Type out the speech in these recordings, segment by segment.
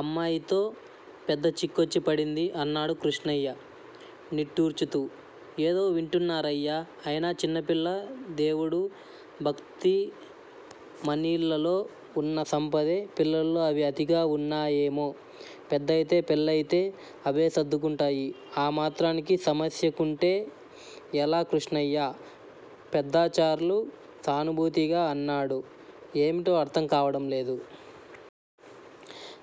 అమ్మాయితో పెద్ద చిక్కొచ్చి పడింది అన్నాడు కృష్ణయ్య నిట్టూర్చుతూ. ఏదో వింటున్నారయ్యా. అయినా చిన్నపిల్ల. దేవుడూ, భక్తీ మనిళ్ళల్లో ఉన్న సంపదే. పిల్లలో అవి అతిగా ఉన్నాయేమో. పెద్దదై, పెళ్ళయితే అవే సర్దుకుంటాయి. ఆమాత్రానికే సమస్యకుంటే ఎలా కృష్ణయ్య? పెద్దాచార్లు సానుభూతిగా అన్నాడు. ఏమిటో అర్థం కావడం లేదు.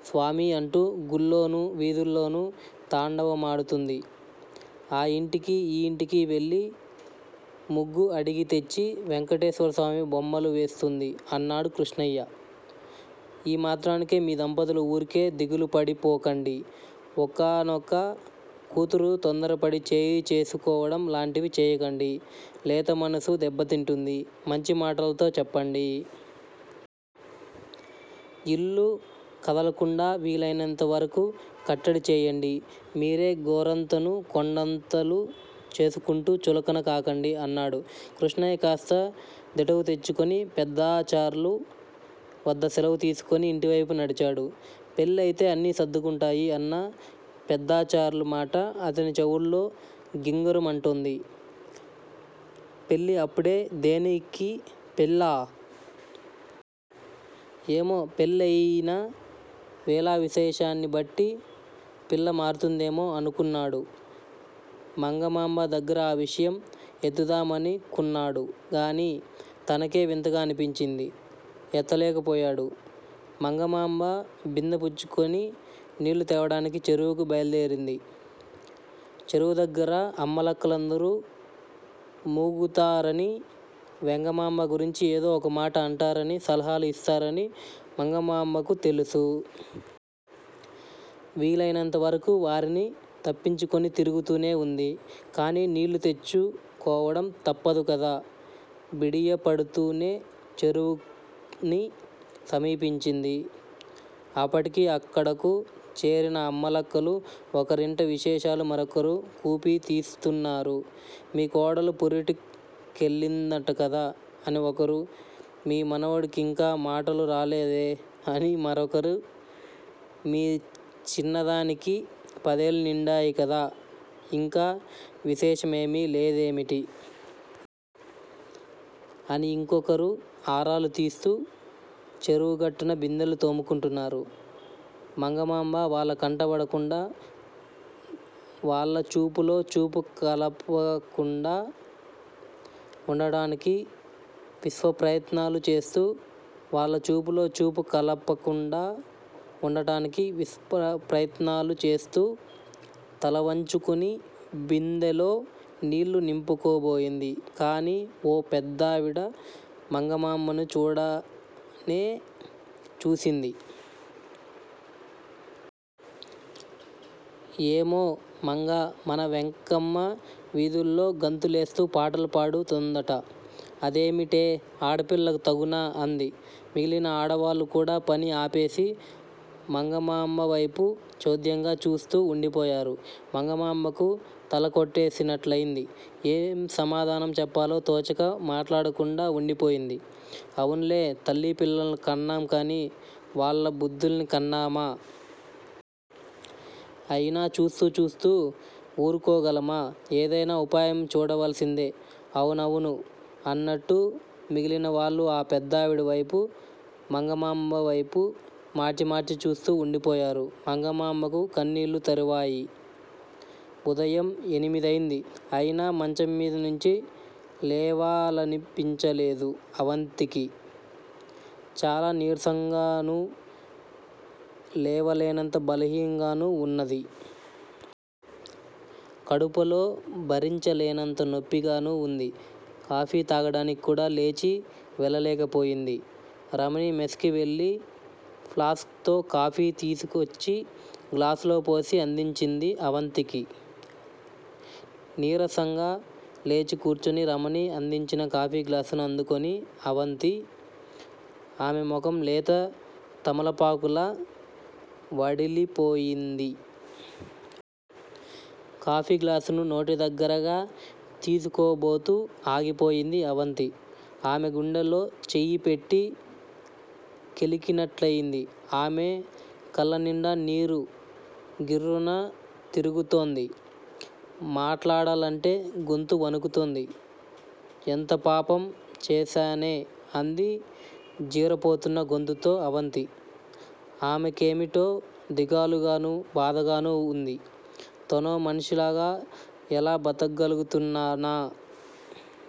స్వామి అంటూ గుళ్ళోనూ, వీథుల్లోనూ తాండవమాడుతుంది. ఆ ఇంటికీ ఈ ఇంటికీ వెళ్ళి ముగ్గు అడిగితెచ్చి వెంకటేశ్వరస్వామి బొమ్మలు వేస్తుంది అన్నాడు కృష్ణయ్య. ఈ మాత్రానికే మీ దంపతులు ఊరికే దిగులుపడిపోకండి. ఒక్కగానొక్క కూతురు తొందరపడి చేయి చేసుకోవడం లాంటివి చేయకండి. లేతమనసు దెబ్బతింటుంది. మంచి మాటలతో చెప్పండి. ఇల్లు కదలకుండా వీలైనంతవరకు కట్టడి చేయండి. మీరే గోరంతను కొండంతలు చేసుకుంటూ చులకనకాకండి అన్నాడు. కృష్ణయ్య కాస్త దిటవు తెచ్చుకుని పెద్దాచార్లు వద్ద సెలవు తీసుకుని ఇంటివైపు నడిచాడు. పెళ్ళయితే అన్నీ సర్దుకుంటాయి అన్న పెద్దాచార్లు మాట అతని చెవుల్లో గింగురుమంటోంది. పెళ్ళి! అప్పుడే దేనికి పెళ్ళా? ఏమో! పెళ్ళయిన వేళావిశేషాన్ని బట్టి పిల్ల మారుతుందేమో అనుకున్నాడు. మంగమాంబ దగ్గర ఆ విషయం ఎత్తుదామని కున్నాడు గానీ, తనకే వింతగా అనిపించి ఎత్తలేకపోయాడు. మంగమాంబ బిందె పుచ్చుకొని నీళ్ళు తేవడానికి చెరువుకు బయలు దేరింది. చెరువు దగ్గర అమ్మలక్కలందరూ మూగుతారనీ, వెంగమాంబ గురించి ఏదో ఒక మాట అంటారనీ, సలహాలు ఇస్తారనీ మంగమాంబకు తెలుసు. వీలయినంతవరకు వారిని తప్పించుకుని తిరుగుతూనే ఉంది. కానీ నీళ్ళు తెచ్చుకోవడం తప్పదుకదా! బిడియపడుతూనే చెరువుని సమీపించింది. అప్పటికే అక్కడకు చేరిన అమ్మలక్కలు ఒకరి ఇంటి విశేషాలు మరొకరు కూపీ తీస్తున్నారు. మీ కోడలు పురిటి కెళ్ళిందటకదా? అని ఒకరు, మీ మనవడి కింకా మాటలురాలేదే? అని మరొకరు, మీ చిన్నదానికి పదేళ్ళు నిండాయి కదా, ఇంకా విశేషమేమీ లేదేమిటి? అని ఇంకొకరు ఆరాలు తీస్తూ, చెరువు గట్టున బిందెలు తోముకుంటున్నారు. మంగమాంబ వాళ్ళ కంట బడకుండా, వాళ్ళ చూపులో చూపు కలపకుండా ఉండడానికి విశ్వప్రయత్నాలు చేస్తూ, వాళ్ళ చూపులో చూపు కలపకుండా ఉండడానికి విశ్వప్రయత్నాలు చేస్తూ, తలవంచుకుని బిందెలో నీళ్ళు నింపుకోబోయింది. కానీ, ఓ పెద్దావిడ మంగమాంబను చూడనే చూసింది. ఏమే, మంగా, మన వెంకమ్మ వీథుల్లో గంతులేస్తూ పాటలు పాడు తోందట. అదేమిటే, ఆడపిల్లకు తగునా? అంది. మిగిలిన ఆడవాళ్ళు కూడా పని ఆపేసి, మంగమాంబవైపు చోద్యంగా చూస్తూ ఉండిపోయారు. మంగమాంబకు తలకొట్టేసినట్లయింది. ఏం సమాధానం చెప్పాలో తోచక మాట్లాడకుండా ఉండిపోయింది. అవున్లే తల్లీ, పిల్లల్ని కన్నాంకానీ, వాళ్ళ బుద్ధుల్ని కన్నామా? అయినా చూస్తూ చూస్తూ ఊరుకోగలమా! ఏదైనా ఉపాయం చూడవలసిందె అవునవును అన్నట్టు మిగిలిన వాళ్ళు ఆ పెద్దావిడవైపు, మంగమాంబవైపు మార్చి మార్చి చూస్తూ ఉండిపోయారు. మంగమాంబకు కన్నీళ్ళు తరువాయి। ఉదయం ఎనిమిదయింది. అయినా మంచంమీద నించి లేవాలనిపించలేదు అవంతికి. చాలా నీరసంగానూ, లేవలేనంత బలహీనంగానూ వున్నది. కడుపులో భరించలేనంత నొప్పిగానూ వుంది. కాఫీ తాగడానికి కూడా లేచి వెళ్ళలేకపోయింది. రమణి మెస్ కి వెళ్ళి ప్లాస్క్ తో కాఫీ తీసుకొచ్చి గ్లాసులో పోసి అందించింది అవంతికి. నీరసంగా లేచి కూర్చుని రమణి అందించిన కాఫీ గ్లాసుని అందుకొని అవంతి. ఆమె మొహం లేత తమలపాకులా వడిలిపోయింది. కాఫీ గ్లాసుని నోటి దగ్గరగా తీసుకోబోతూ ఆగిపోయింది అవంతి. ఆమె గుండెలో చెయ్యి పెట్టి కెలికినట్లయింది. ఆమె కళ్ళనిండా నీరు గిర్రున తిరుగుతోంది. మాట్లాడాలంటే గొంతు వణుకుతోంది. ఎంత పాపం చేశానే! అంది జీరపోతున్న గొంతుతో అవంతి. ఆమెకేమిటో దిగాలుగానూ, బాధగానూ వుంది. తనో మనిషిలగా ఎలా బతగ్గలుగుతున్నానా!